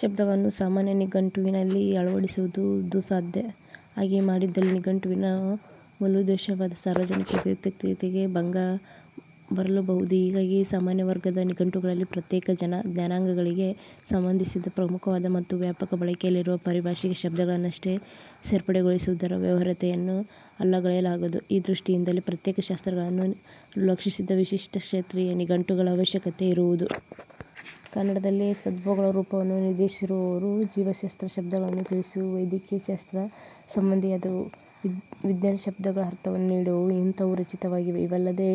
ಶಬ್ದಗಳನ್ನೂ ಸಾಮಾನ್ಯ ನಿಘಂಟುವಿನಲ್ಲಿ ಅಳವಡಿಸುವುದು ದುಃಸಾಧ್ಯ. ಹಾಗೆ ಮಾಡಿದಲ್ಲಿ ನಿಘಂಟುವಿನ ಮೂಲೋದ್ದೇಶವಾದ ಸಾರ್ವಜನಿಕ ಉಪಯುಕ್ತತೆಗೆ ಭಂಗ ಬರಲೂಬಹುದು. ಹೀಗಾಗಿ ಸಾಮಾನ್ಯವರ್ಗದ ನಿಘಂಟುಗಳಲ್ಲಿ ಪ್ರತ್ಯೇಕ ಜ್ಞಾನಾಂಗಗಳಿಗೆ ಸಂಬಂಧಿಸಿದ ಪ್ರಮುಖವಾದ ಮತ್ತು ವ್ಯಾಪಕ ಬಳಕೆಯಲ್ಲಿರುವ ಪಾರಿಭಾಷಿಕ ಶಬ್ದಗಳನ್ನಷ್ಟೆ ಸೇರ್ಪಡೆಗೊಳಿಸುವುದರ ವ್ಯವಹಾರ್ಯತೆಯನ್ನು ಅಲ್ಲಗಳೆಯಲಾಗದು. ಈ ದೃಷ್ಟಿಯಿಂದಲೇ ಪ್ರತ್ಯೇಕ ಶಾಸ್ತ್ರಗಳನ್ನು ಅನುಲಕ್ಷಿಸಿದ ವಿಶಿಷ್ಟ ಕ್ಷೇತ್ರೀಯ ನಿಘಂಟುಗಳ ಆವಶ್ಯಕತೆ ಇರುವುದು. ಕನ್ನಡದಲ್ಲಿಯೆ ತದ್ಭವಗಳ ರೂಪವನ್ನು ನಿರ್ದೇಶಿಸಿರುವವು, ಜೀವಶಾಸ್ತ್ರ ಶಬ್ದಗಳನ್ನು ತಿಳಿಸುವವು, ವೈದ್ಯಕೀಯಶಾಸ್ತ್ರ ಸಂಬಂಧಿಯಾದವು, ವಿಜ್ಞಾನಶಬ್ದಗಳ ಅರ್ಥವನ್ನು ನೀಡುವವು – ಇಂತಹವು ರಚಿತವಾಗಿವೆ. ಇವಲ್ಲದೆ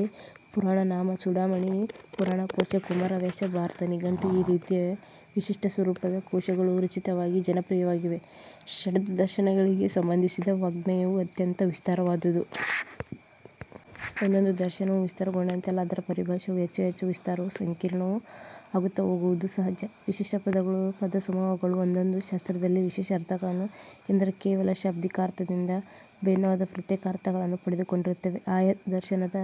ಪುರಾಣನಾಮಚೂಡಾಮಣಿ, ಪುರಾಣಕೋಶ, ಕುಮಾರವ್ಯಾಸ ಭಾರತ ನಿಘಂಟು – ಈ ರೀತಿಯ ವಿಶಿಷ್ಟಸ್ವರೂಪದ ಕೋಶಗಳೂ ರಚಿತವಾಗಿ ಜನಪ್ರಿಯವಾಗಿವೆ. ಷಡ್ದರ್ಶನಗಳಿಗೆ ಸಂಬಂಧಿಸಿದ ವಾಙ್ಮಯವು ಅತ್ಯಂತ ವಿಸ್ತಾರವಾದುದು. ಒಂದೊಂದು ದರ್ಶನವೂ ವಿಸ್ತಾರಗೊಂಡಂತೆಲ್ಲ ಅದರ ಪರಿಭಾಷೆಯೂ ಹೆಚ್ಚುಹೆಚ್ಚು ವಿಸ್ತಾರವೂ ಸಂಕೀರ್ಣವೂ ಆಗುತ್ತಹೋಗುವುದು ಸಹಜ. ವಿಶಿಷ್ಟ ಪದಗಳೂ ಪದಸಮೂಹಗಳೂ ಒಂದೊಂದು ಶಾಸ್ತ್ರದಲ್ಲಿ ವಿಶೇಷ ಅರ್ಥಗಳನ್ನು – ಎಂದರೆ ಕೇವಲ ಶಾಬ್ದಿಕಾರ್ಥದಿಂದ ಭಿನ್ನವಾದ ಪ್ರತ್ಯೇಕ ಅರ್ಥಗಳನ್ನು – ಪಡೆದುಕೊಂಡಿರುತ್ತವೆ. ಆಯಾ ದರ್ಶನದ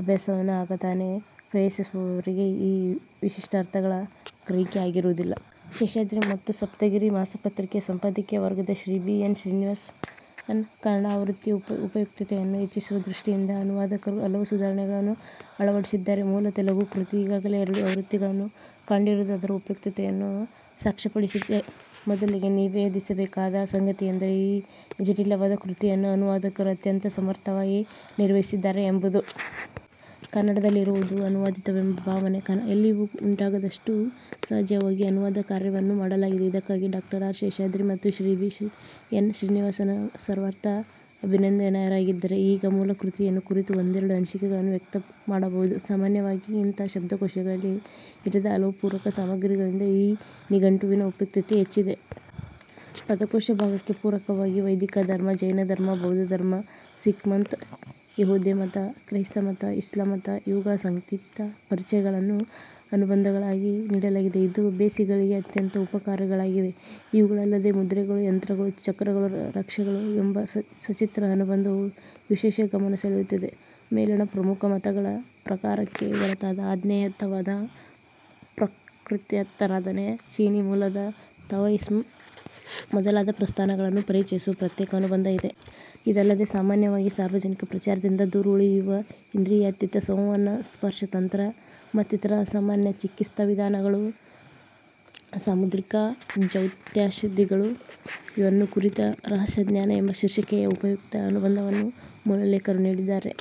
ಅಭ್ಯಾಸವನ್ನು ಆಗತಾನೇ ಪ್ರವೇಶಿಸಿರುವವರಿಗೆ ಈ ವಿಶಿಷ್ಟಾರ್ಥಗಳ ಗ್ರಹಿಕೆ ಆಗಿರುವುದಿಲ್ಲ. ಶೇಷಶಾಸ್ತ್ರೀ ಮತ್ತು 'ಸಪ್ತಗಿರಿ' ಮಾಸಪತ್ರಿಕೆಯ ಸಂಪಾದಕೀಯ ವರ್ಗದ ಶ್ರೀ ಬಿ. ಎನ್. ಶ್ರೀನಿವಾಸನ್. ಕನ್ನಡ ಆವೃತ್ತಿಯ ಉಪಯುಕ್ತತೆಯನ್ನು ಹೆಚ್ಚಿಸುವ ದೃಷ್ಟಿಯಿಂದ ಅನುವಾದಕರು ಹಲವು ಸುಧಾರಣೆಗಳನ್ನು ಅಳವಡಿಸಿದ್ದಾರೆ. ಮೂಲ ತೆಲುಗು ಕೃತಿ ಈಗಾಗಲೇ ಎರಡು ಆವೃತ್ತಿಗಳನ್ನು ಕಂಡಿರುವುದು ಅದರ ಉಪಯುಕ್ತತೆಯನ್ನು ಸಾಕ್ಷ್ಯಪಡಿಸಿದೆ. ಮೊದಲಿಗೇ ನಿವೇದಿಸಬೇಕಾದ ಸಂಗತಿಯೆಂದರೆ ಈ ಜಟಿಲವಾದ ಕೃತಿಯನ್ನು ಅನುವಾದಕರು ಅತ್ಯಂತ ಸಮರ್ಥವಾಗಿ ನಿರ್ವಹಿಸಿದ್ದಾರೆ ಎಂಬುದು. ಕನ್ನಡದಲ್ಲಿರುವುದು ಅನುವಾದಿತವೆಂಬ ಭಾವನೆ ಎಲ್ಲಿಯೂ ಉಂಟಾಗದಷ್ಟು ಸಹಜವಾಗಿ ಅನುವಾದಕಾರ್ಯವನ್ನು ಮಾಡಲಾಗಿದೆ. ಇದಕ್ಕಾಗಿ ಡಾ ಆರ್. ಶೇಷಶಾಸ್ತ್ರೀ ಮತ್ತು ಶ್ರೀ ಬಿ. ಎನ್. ಶ್ರೀನಿವಾಸನ್ ಸರ್ವಥಾ ಅಭಿನಂದನೀಯರಾಗಿದ್ದಾರೆ. ಈಗ ಮೂಲಕೃತಿಯನ್ನು ಕುರಿತು ಒಂದೆರಡು ಅನಿಸಿಕೆಗಳನ್ನು ವ್ಯಕ್ತಮಾಡಬಹುದು. ಸಾಮಾನ್ಯವಾಗಿ ಇಂತಹ ಶಬ್ದಕೋಶಗಳಲ್ಲಿ ಇರದ ಹಲವು ಪೂರಕ ಸಾಮಗ್ರಿಗಳಿಂದ ಈ ನಿಘಂಟುವಿನ ಉಪಯುಕ್ತತೆ ಹೆಚ್ಚಿದೆ. ಪದಕೋಶ ಭಾಗಕ್ಕೆ ಪೂರಕವಾಗಿ ವೈದಿಕಧರ್ಮ, ಜೈನಧರ್ಮ, ಬೌದ್ಧಧರ್ಮ, ಸಿಖ್ಮತ, ಯಹೂದ್ಯಮತ, ಕ್ರೈಸ್ತಮತ, ಇಸ್ಲಾಂಮತ – ಇವುಗಳ ಸಂಕ್ಷಿಪ್ತ ಪರಿಚಯಗಳನ್ನು ಅನುಬಂಧಗಳಾಗಿ ನೀಡಲಾಗಿದೆ. ಇದು ಅಭ್ಯಾಸಿಗಳಿಗೆ ಅತ್ಯಂತ ಉಪಕಾರಕಗಳಾಗಿವೆ. ಇವುಗಳಲ್ಲದೆ 'ಮುದ್ರೆಗಳು, ಯಂತ್ರಗಳು, ಚಕ್ರಗಳು, ರಕ್ಷೆಗಳು' ಎಂಬ ಸಚಿತ್ರ ಅನುಬಂಧವು ವಿಶೇಷ ಗಮನ ಸೆಳೆಯುತ್ತದೆ. ಮೇಲಣ ಪ್ರಮುಖ ಮತಗಳ ಪ್ರಾಕಾರಕ್ಕೆ ಹೊರತಾದ ಅಜ್ಞೇಯತಾವಾದ, ಪ್ರಕೃತ್ಯಾರಾಧನೆ, ಚೀನೀ ಮೂಲದ ತಾವೋಯಿಸಂ ಮೊದಲಾದ ಪ್ರಸ್ಥಾನಗಳನ್ನು ಪರಿಚಯಿಸುವ ಪ್ರತ್ಯೇಕ ಅನುಬಂಧ ಇದೆ. ಇದಲ್ಲದೆ ಸಾಮಾನ್ಯವಾಗಿ ಸಾರ್ವಜನಿಕ ಪ್ರಚಾರದಿಂದ ದೂರ ಉಳಿಯುವ ಇಂದ್ರಿಯಾತೀತ ಸಂವಹನ, ಸ್ಪರ್ಶತಂತ್ರ ಮತ್ತಿತರ ಅಸಾಮಾನ್ಯ ಚಿಕಿತ್ಸಾವಿಧಾನಗಳು, ಸಾಮುದ್ರಿಕ ಜ್ಯೌತಿಷಾದಿಗಳು – ಇವನ್ನು ಕುರಿತ 'ರಹಸ್ಯ ಜ್ಞಾನ' ಎಂಬ ಶೀರ್ಷಿಕೆಯ ಉಪಯುಕ್ತ ಅನುಬಂಧವನ್ನೂ ಮೂಲಲೇಖಕರು ನೀಡಿದ್ದಾರೆ.